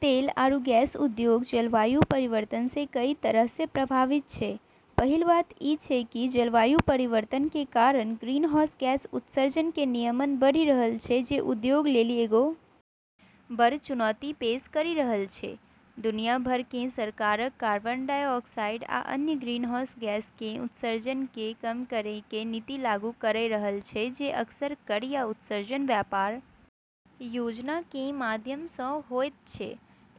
तेल आरू गैस उद्योग जलवायु परिवर्तन से कई तरह से प्रभावित छै। पहिल बात ई छै कि जलवायु परिवर्तन के कारण ग्रीनहाउस गैस उत्सर्जन के नियमन बढ़ी रहलऽ छै जे उद्योग लेली एगो बड़ऽ चुनौती पेश करी रहलऽ छै, दुनिया भर कें सरकारक कार्बन डाइऑक्साइड आ अन्य ग्रीनहाउस गैस कें उत्सर्जन कें कम करय कें नीति लागू करय रहल छै जे अक्सर कर या उत्सर्जन व्यापार योजना कें माध्यम सं होयत छै,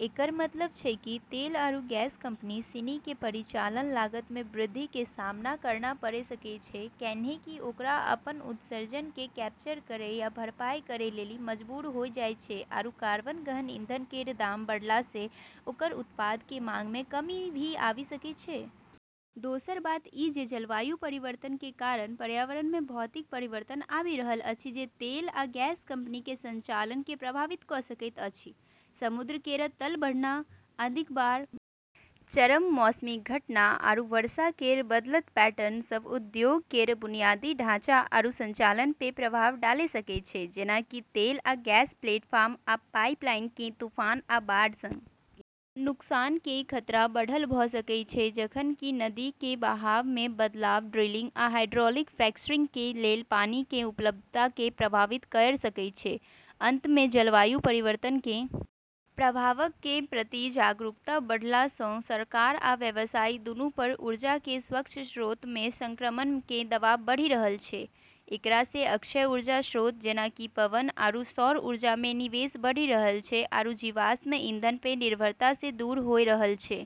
एकरऽ मतलब छै कि तेल आरू गैस कंपनी सिनी के परिचालन लागत मे वृद्धि के सामना करना पड़े सकै छै कैन्हेंकि ओकरा अपनऽ उत्सर्जन के कैप्चर करै या भरपाई करै लेली मजबूर होय जाय छै आरू कार्बन-गहन ईंधन केरऽ दाम बढ़ला से ओकरऽ उत्पादऽ के मांग मे कमी भी आबी सकै छै। दोसर बात ई जे जलवायु परिवर्तन के कारण पर्यावरण में भौतिक परिवर्तन आबि रहल अछि जे तेल आ गैस कंपनी के संचालन के प्रभावित क सकैत अछि, समुद्र केरऽ तल बढ़ना, अधिक बार चरम मौसमी घटना आरू वर्षा केरऽ बदलतऽ पैटर्न सब उद्योग केरऽ बुनियादी ढाँचा आरू संचालन पे प्रभाव डाले सकै छै जेना कि तेल आ गैस प्लेटफार्म आ पाइपलाइन कें तूफान आ बाढ़ सं नुकसान कें खतरा बढ़ल भ सकय छै जखन कि नदी कें बहाव मे बदलाव ड्रिलिंग आ हाइड्रोलिक फ्रैक्चरिंग कें लेल पानी कें उपलब्धता कें प्रभावित कयर सकय छै, अंत मे जलवायु परिवर्तन कें प्रभावक कें प्रति जागरूकता बढ़ला सं सरकार आ व्यवसाय दूनू पर ऊर्जा कें स्वच्छ स्रोत मे संक्रमण कें दबाव बढ़ी रहल छै, एकरा से अक्षय ऊर्जा स्रोत जेना कि पवन आरू सौर ऊर्जा मे निवेश बढ़ी रहलऽ छै आरू जीवाश्म ईंधन पे निर्भरता से दूर होय रहलऽ छै।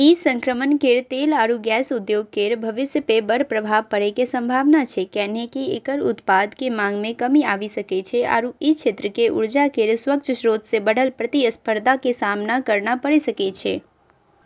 ई संक्रमण केरऽ तेल आरू गैस उद्योग केरऽ भविष्य पे बड़ऽ प्रभाव पड़ै के संभावना छै कैन्हेंकि एकरऽ उत्पादऽ के मांग मे कमी आबी सकै छै आरू ई क्षेत्र के ऊर्जा केरऽ स्वच्छ स्रोतऽ से बढ़लऽ प्रतिस्पर्धा के सामना करना पड़े सकै छै।